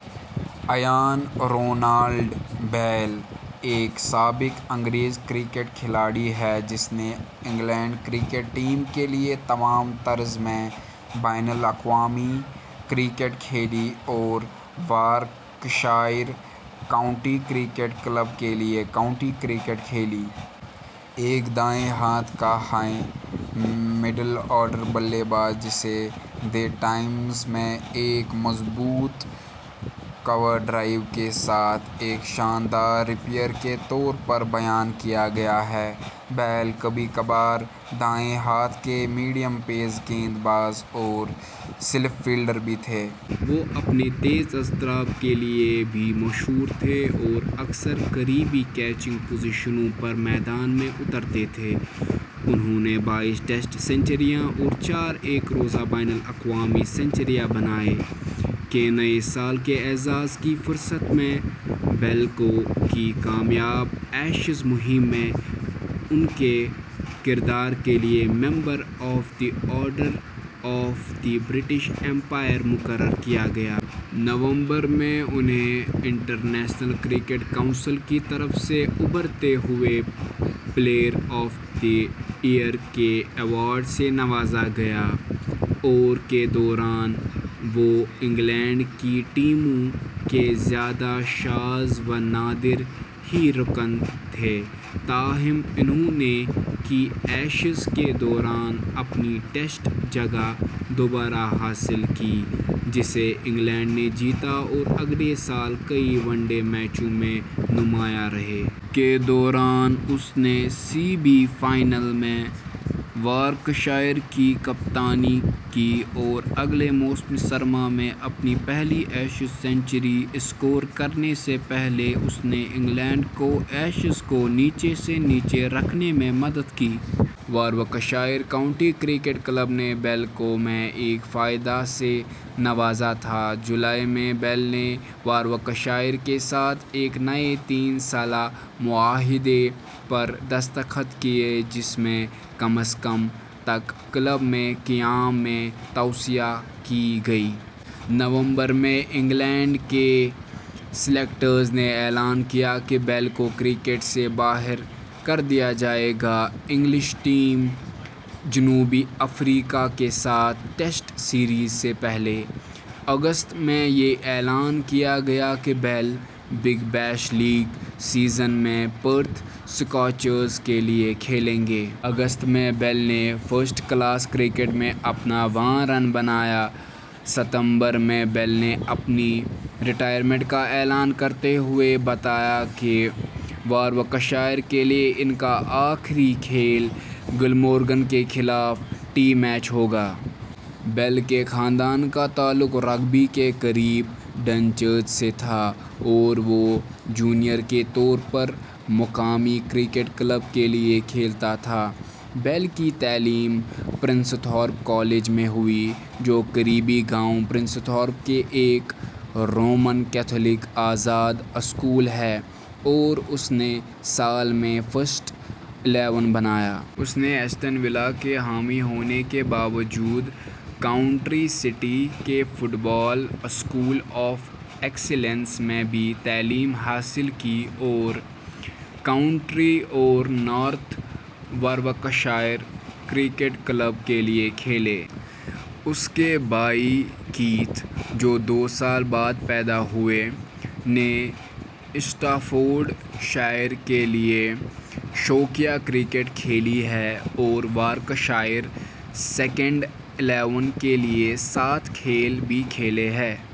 Ayan Ronald Bell ایک سابق انگریز کرکٹ کھلاڑی ہے جس نے انگلینڈ کرکٹ ٹیم کے لیے تمام طرز میں بین الاقوامی کرکٹ کھیلی اور وارکشائر کاؤنٹی کرکٹ کلب کے لیے کاؤنٹی کرکٹ کھیلی۔ ایک دائیں ہاتھ کا ہائی/مڈل آرڈر بلے باز، جسے دی ٹائمز میں ایک مضبوط کور ڈرائیو کے ساتھ ایک "شاندار ریپیر" کے طور پر بیان کیا گیا ہے، بیل کبھی کبھار دائیں ہاتھ کے میڈیم پیس گیند باز اور سلپ فیلڈر بھی تھے۔ وہ اپنے تیز اضطراب کے لیے بھی مشہور تھے اور اکثر قریبی کیچنگ پوزیشنوں پر میدان میں اترتے تھے۔ انھوں نے بائیس ٹیسٹ سنچریاں اور چار ایک روزہ بین الاقوامی سنچریاں بنائے۔ ء کے نئے سال کے اعزاز کی فہرست میں، بیل کو ء کی کامیاب ایشز مہم میں ان کے کردار کے لیے Member of the Order of the British Empire مقرر کیا گیا۔ نومبر ء میں انھیں انٹرنیشنل کرکٹ کونسل کی طرف سے ابھرتے ہوئے پلیئر آف دی ایئر کے ایوارڈ سے نوازا گیا۔ ء اور ء کے دوران، وہ انگلینڈ کی ٹیموں کے زیادہ شاذ و نادر ہی رکن تھے تاہم انھوں نے ء کی ایشز کے دوران اپنی ٹیسٹ جگہ دوبارہ حاصل کی، جسے انگلینڈ نے جیتا اور اگلے سال کئی ون ڈے میچوں میں نمایاں رہے۔ ء کے دوران، اس نے سی بی فائنل میں وارکشائر کی کپتانی کی اور اگلے موسم سرما میں اپنی پہلی ایشز سنچری اسکور کرنے سے پہلے اس نے انگلینڈ کو ایشز کو نیچے سے نیچے رکھنے میں مدد کی۔ واروکشائر کاؤنٹی کرکٹ کلب نے بیل کو ء میں ایک فائدہ سے نوازا تھا۔ جولائی ء میں، بیل نے واروکشائر کے ساتھ ایک نئے تین سالہ معاہدے پر دستخط کیے جس میں کم از کم ء تک کلب میں قیام میں توسیع کی گئی۔ نومبر ء میں، انگلینڈ کے سلیکٹرز نے اعلان کیا کہ بیل کو کرکٹ سے باہر کر دیا جائے گا۔ انگلش ٹیم جنوبی افریقہ کے ساتھ ٹیسٹ سیریز سے پہلے۔ اگست ء میں، یہ اعلان کیا گیا کہ بیل - ء بگ بیش لیگ سیزن میں پرتھ سکارچرز کے لیے کھیلیں گے۔ اگست ء میں، بیل نے فرسٹ کلاس کرکٹ میں اپنا واں رن بنایا۔ ستمبر ء میں، بیل نے اپنی ریٹائرمنٹ کا اعلان کرتے ہوئے بتایا کہ واروکشائر کے لیے ان کا آخری کھیل گلمورگن کے خلاف ٹی میچ ہوگا۔ بیل کے خاندان کا تعلق رگبی کے قریب ڈنچرچ سے تھا اور وہ جونیئر کے طور پر مقامی کرکٹ کلب کے لیے کھیلتا تھا۔ بیل کی تعلیم پرنستھورپ کالج میں ہوئی، جو قریبی گاؤں پرنستھورپ کے ایک رومن کیتھولک آزاد اسکول ہے اور اس نے سال میں فسٹ الیون بنایا۔ اس نے ایسٹن ولا کے حامی ہونے کے باوجود، کوونٹری سٹی کے football school of excellence میں بھی تعلیم حاصل کی اور کوونٹری اور نارتھ واروکشائر کرکٹ کلب کے لیے کھیلے۔ اس کے بھائی کیتھ، جو دو سال بعد پیدا ہوئے، نے اسٹافورڈ شائر کے لیے شوقیہ کرکٹ کھیلی ہے اور وارکشائر سیکنڈ الیون کے لیے سات کھیل بھی کھیلے ہیں۔